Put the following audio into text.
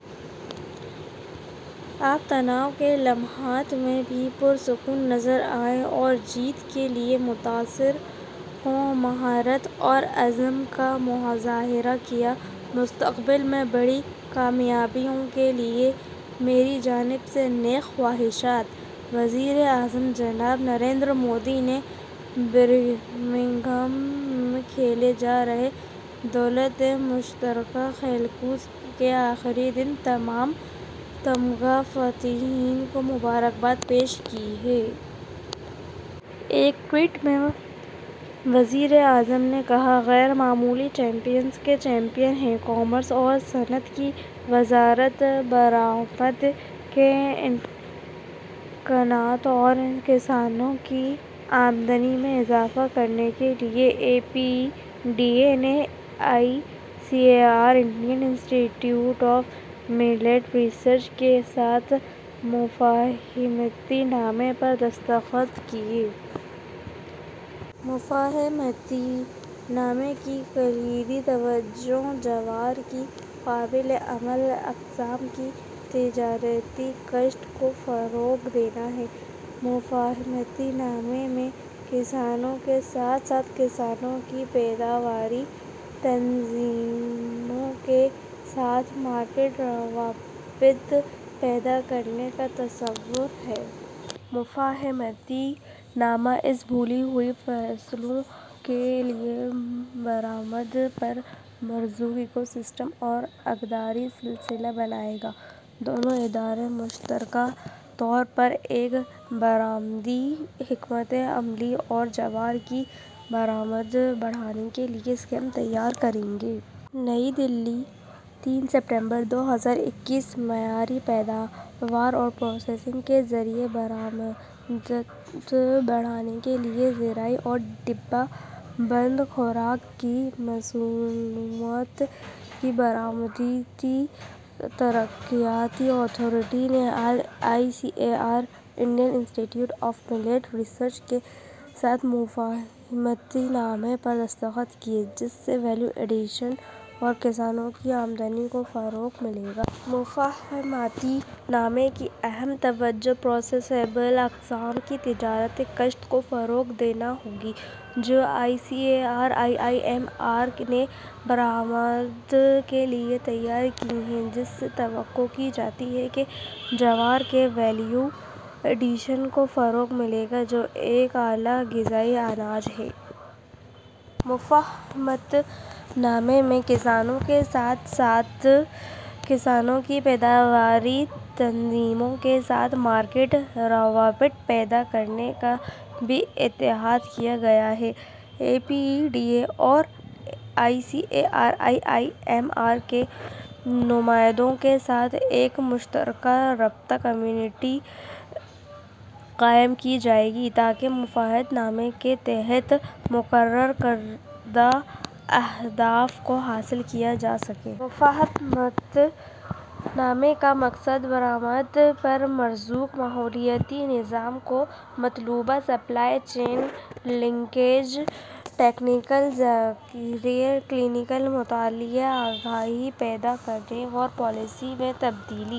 آپ تناؤ کے لمحات میں بھی پرسکون نظر آئے اور جیت کے لیے متاثر کن مہارت اور عزم کا مظاہرہ کیا۔ مستقبل میں بڑی کامیابیوں کے لیے میری جانب سے نیک خواہشات۔ وزیر اعظم جناب نریندر مودی نے برمنگھم میں کھیلے جارہے دولت مشترکہ کھیل کود کے آخری دن تمام تمغہ فاتحین کو مبارکباد پیش کی ہے۔ ایک ٹوئیٹ میں وزیر اعظم نے کہا، غیر معمولی چیمپئنوں کے چیمپئن ہیں۔ کامرس اور صنعت کی وزارت۔ برآمدات کے امکانات اور کسانوں کی آمدنی میں اضافہ کرنے کے لیے، اپیڈا نے I C A R, Indian Institute of Millet Research, کے ساتھ مفاہمت نامے پر دستخط کیے۔ مفاہمت نامے کی کلیدی توجہ جوار کی قابل عمل اقسام کی تجارتی کاشت کو فروغ دینا ہے۔ مفاہمت نامے میں کسانوں کے ساتھ ساتھ کسانوں کی پیداواری تنظیموں کے ساتھ مارکیٹ روابط پیدا کرنے کا بھی تصور ہے۔ مفاہمت نامہ ان بھولی ہوئی فصلوں کے لیے برآمدات پر مرکوز ایکو سسٹم اور اقداری سلسلہ بنائے گا۔ دونوں ادارے مشترکہ طور پر ایک برآمدی حکمت عملی اور جوار کی برآمدات بڑھانے کے لیے اسکیمیں تیار کریں گے۔ نئی دہلی، تین ستمبر دو ہزار اکیس۔ معیاری پیداوار اور پروسیسنگ کے ذریعے برآمدات بڑھانے کے لیے، زرعی اور ڈبہ بند خوراک کی مصنوعات کی برآمداتی ترقیاتی اتھارٹی نے آج I C A R, Indian Institute of Millet Research, کے ساتھ مفاہمت نامے پر دستخط کیے، جس سے ویلیو ایڈیشن اور کسانوں کی آمدنی کو فروغ ملے گا۔ مفاہمت نامے کی اہم توجہ پروسیسبل اقسام کی تجارتی کاشت کو فروغ دینا ہوگی، جو I C A R, I I M R نے برآمدات کے لیے تیار کی ہیں، جس سے توقع کی جاتی ہے کہ جوار کے اقداری اضافے کو فروغ ملے گا، جو کہ ایک اعلیٰ تغذیائی اناج ہے۔ مفاہمت نامے میں کسانوں کے ساتھ ساتھ کسانوں کی پیداواری تنظیموں کے ساتھ مارکیٹ روابط پیدا کرنے کا بھی احاطہ کیا گیا ہے۔ A P E D A اور I C A R, I I M R کے نمائندوں کے ساتھ ایک مشترکہ رابطہ کمیٹی قائم کی جائے گی تاکہ مفاہمت نامے کے تحت مقرر کردہ اہداف کو حاصل کیا جا سکے۔ مفاہمت نامے کا مقصد برآمدات پر مرکوز ماحولیاتی نظام کو مطلوبہ سپلائی چین لنکیجز، تکنیکی ذخیرے، کلینیکل مطالعے، آگاہی پیدا کرنے، پالیسی میں تبدیلی...